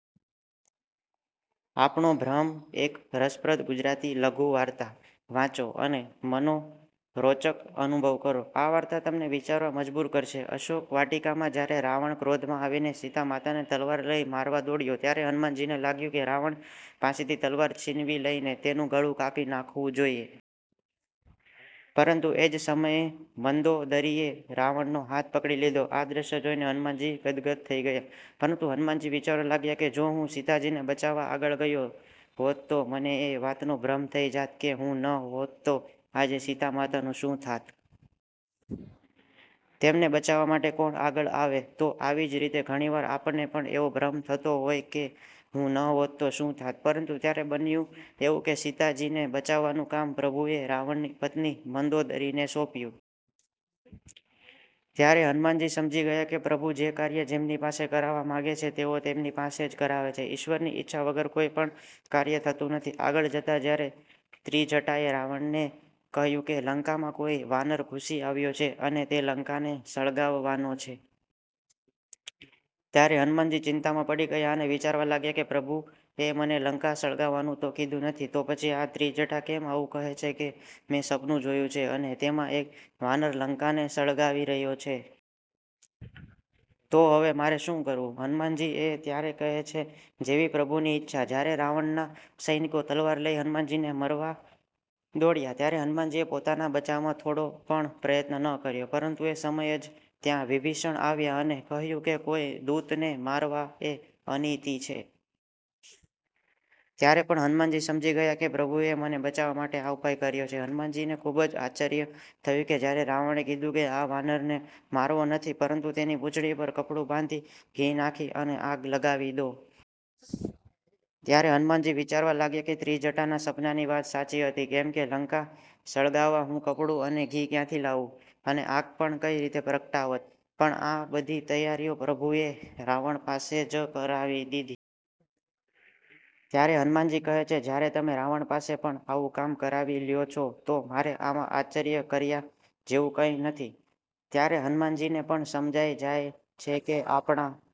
આપણો ભ્રમ: એક રસપ્રદ ગુજરાતી લઘુવાર્તા. વાંચો અને મનરોંચક અનુભવ કરો. આ વાર્તા તમને વિચારવા મજબૂર કરશે. અશોક વાટિકામાં જ્યારે રાવણ ક્રોધમાં આવીને સીતા માતાને તલવાર લઈ મારવા દોડ્યો, ત્યારે હનુમાનજીને લાગ્યું કે રાવણ પાસેથી તલવાર છીનવી લઈને, તેનું ગળું કાપી નાખવું જોઈએ. પરંતુ, એ જ સમયે મંદોદરીએ રાવણ નો હાથ પકડી લીધો. આ દ્રશ્ય જોઈને હનુમાનજી ગદગદ થઈ ગયા. પરંતુ હનુમાનજી વિચારવા લાગ્યા કે, "જો હું સીતાજીને બચાવવા આગળ ગયો હોત, તો મને એ વાતનો ભ્રમ થઈ જાત કે, હું ન હોત તો આજે સીતા માતાનું શું થાત? તેમને બચાવવા માટે કોણ આગળ આવે? " તો આવી જ રીતે ઘણીવાર આપણને પણ એવો ભ્રમ થતો હોય છે કે હું ન હોત તો શું થાત? પરંતુ ત્યારે બન્યું એવું કે સીતાજીને બચાવવાનું કામ પ્રભુએ રાવણની પત્ની મંદોદરીને સોપ્યું. ત્યારે હનુમાનજી સમજી ગયા કે, " પ્રભુ જે કાર્ય જેમની પાસે કરાવવા માંગે છે, તેઓ તેમની પાસે જ કરાવે છે. " ઈશ્વરની ઈચ્છા વગર કોઈ પણ કાર્ય થતું નથી. આગળ જતા જ્યારે ત્રીજટાએ રાવણને કહ્યું કે, " લંકામાં કોઈ વાનર ઘુસી આવ્યો છે અને તે લંકાને સળગાવવાનો છે. " ત્યારે હનુમાનજી ચિંતામાં પડી ગયા અને વિચારવા લાગ્યા કે, " પ્રભુ એ મને લંકા સળગાવવાનું તો કીધું નથી. તો પછી આ ત્રીજટા કેમ આવું કહે છે કે, મેં સપનું જોયું છે અને તેમાં એક વાનર લંકા ને સળગાવી રહ્યો છે. તો હવે મારે શું કરવું? હનુમાનજી એ ત્યારે કહે છે જેવી પ્રભુ ની ઈચ્છા. જ્યારે રાવણ નાં સૈનિકો તલવાર લઈ હનુમાનજીને મરવા દોડ્યા, ત્યારે હનુમાનજીએ પોતાના બચાવમાં થોડો પણ પ્રયત્ન ન કર્યો. પરંતુ એ સમય જ ત્યાં વિભીષણ આવ્યા અને કહ્યું કે, કોઈ દૂતને મારવા એ અનીતિ છે. ત્યારે પણ હનુમાનજી સમજી ગયા કે પ્રભુએ મને બચાવવા માટે આ ઉપાય કર્યો છે. હનુમાનજી ને ખુબ જ આચર્ય થયું કે જ્યારે રાવણે કીધું કે, આ વાનર ને મારવો નથી, પરંતુ તેની પૂછડી પર કપડું બાંધી, ઘી નાખી અને આગ લગાવી દો. ત્યારે હનુમાનજી વિચારવા લાગ્યા કે ત્રીજટાના સપનાની વાત સાચી હતી. કેમ કે લંકા સળગાવવા હું કપડું અને ઘી ક્યાંથી લાવું? અને આગ પણ કંઈ રીતે પ્રગટાવત? પણ આ બધી તૈયારીઓ પ્રભુએ રાવણ પાસે જ કરાવી લીધી. ત્યારે હનુમાનજી કહે છે, જ્યારે તમે રાવણ પાસે પણ આવું કામ કરાવી લ્યો છો, તો મારે આમાં આશ્વર્ય કર્યા જેવું કંઈ નથી. ત્યારે હનુમાનજી ને પણ સમજાય જાય છે કે આપણા